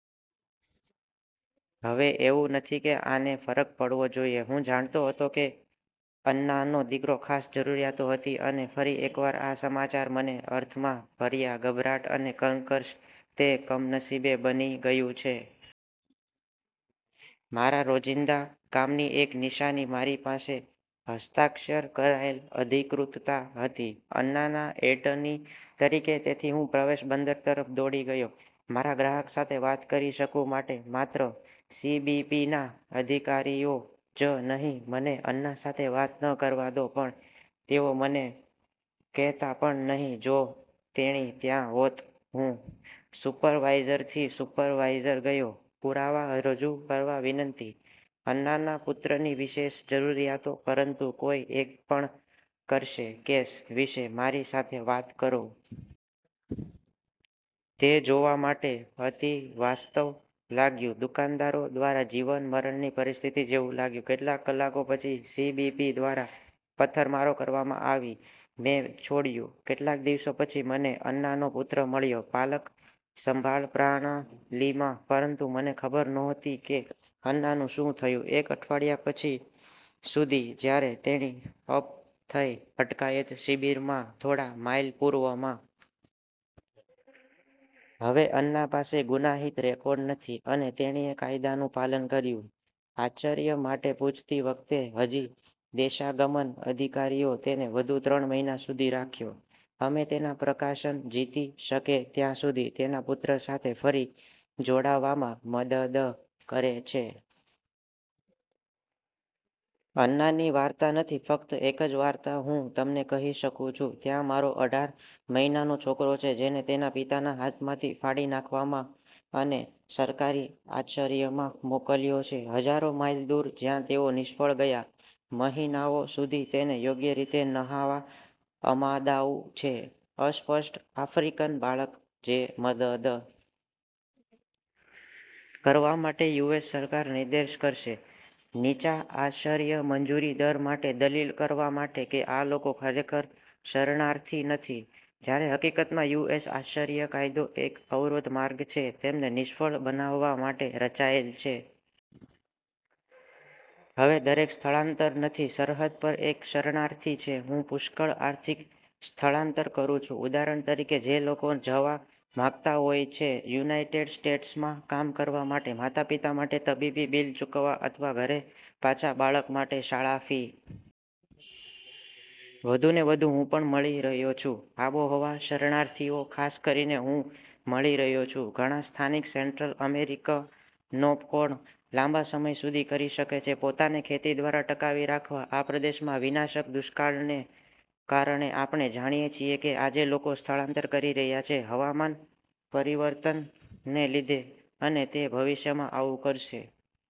હવે એવું નથી કે આને ફરક પડવો જોઈએ, હું જાણતો હતો કે અન્નાનો દીકરો ખાસ જરૂરિયાતો હતી અને ફરી એકવાર આ સમાચાર મને અર્થમાં ભર્યા ગભરાટ અને કંકશ, તે કમનસીબે બની ગયું છે. મારા રોજિંદા કામની એક નિશાની. મારી પાસે હસ્તાક્ષર કરાયેલ અધિકૃતતા હતી, અન્નાના એટર્ની તરીકે ,તેથી હું પ્રવેશ બંદર તરફ દોડી ગયો. મારા ગ્રાહક સાથે વાત કરી શકું માટે માત્ર સીબીપીના અધિકારીઓ જ નહીં મને અન્ના સાથે વાત ન કરવા દો, પણ તેઓ મને કહેતા પણ નહીં જો તેણી ત્યાં હોત, હું સુપરવાઇઝરથી સુપરવાઇઝર ગયો, પુરાવા રજૂ કરવા વિનંતી અન્નાના પુત્રની વિશેષ જરૂરિયાતો, પરંતુ કોઈ એક પણ કરશે કેસ વિશે મારી સાથે વાત કરો. તે જોવા માટે અતિવાસ્તવ લાગ્યું દુકાનદારો દ્વારા જીવન-મરણની પરિસ્થિતિ જેવું લાગ્યું. કેટલાક કલાકો પછી સીબીપી દ્વારા પથ્થરમારો કરવામાં આવી મેં છોડ્યું. કેટલાક દિવસો પછી, મને અન્નાનો પુત્ર મળ્યો પાલક-સંભાળ પ્રણાલીમાં. પરંતુ મને ખબર નહોતી કે અન્નાનું શું થયું એક અઠવાડિયા પછી સુધી, જ્યારે તેણી અપ થઈ અટકાયત શિબિરમાં થોડા માઇલ પૂર્વમાં. હવે, અન્ના પાસે ગુનાહિત રેકોર્ડ નથી અને તેણીએ કાયદાનું પાલન કર્યું. આચર્ય માટે પૂછતી વખતે હજી દેશાગમન અધિકારીઓ તેને વધુ ત્રણ મહિના સુધી રાખ્યો, અમે તેના પ્રકાશન જીતી શકે ત્યાં સુધી તેના પુત્ર સાથે ફરી જોડાવામાં મદદ કરે છે. અન્નાની વાર્તા નથી. ફક્ત એક જ વાર્તા હું તમને કહી શકું છું. ત્યાં મારો અઢાર મહિનાનો છોકરો છે, જેને તેના પિતાના હાથમાંથી ફાડી નાખવામાં અને સરકારી આચર્યમાં મોકલ્યો છે હજારો માઇલ દૂર, જ્યાં તેઓ નિષ્ફળ ગયા મહિનાઓ સુધી તેને યોગ્ય રીતે નહાવા અમાદાઉ છે, અસ્પષ્ટ આફ્રિકન બાળક, જે મદદ કરવા માટે. યુએસ સરકાર નિદેર્શ કરશે. નીચા આશર્ય મંજૂરી દર માટે દલીલ કરવા માટે કે આ લોકો ખરેખર શરણાર્થી નથી, જ્યારે હકીકતમાં, યુ. એસ. આશર્ય કાયદો એક અવરોધ માર્ગ છે .તેમને નિષ્ફળ બનાવવા માટે રચાયેલ છે. હવે દરેક સ્થળાંતર નથી સરહદ પર એક શરણાર્થી છે. હું પુષ્કળ આર્થિક સ્થળાંતર કરું છું. ઉદાહરણ તરીકે, જે લોકો જવા માંગતા હોય છે યુનાઇટેડ સ્ટેટ્સમાં કામ કરવા માટે, માતાપિતા માટે તબીબી બીલ ચૂકવવા અથવા ઘરે પાછા બાળક માટે શાળા ફી. વધુને વધુ, હું પણ મળી રહ્યો છું આબોહવા શરણાર્થીઓ. ખાસ કરીને, હું મળી રહ્યો છું ઘણા સ્થાનિક સેન્ટ્રલ અમેરિકનો કોણ લાંબા સમય સુધી કરી શકે છે, પોતાને ખેતી દ્વારા ટકાવી રાખવા. આ પ્રદેશમાં વિનાશક દુષ્કાળને કારણે આપણે જાણીએ છીએ કે આજે લોકો સ્થળાંતર કરી રહ્યા છે. હવામાન પરિવર્તનને લીધે, અને તે ભવિષ્યમાં આવું કરશે.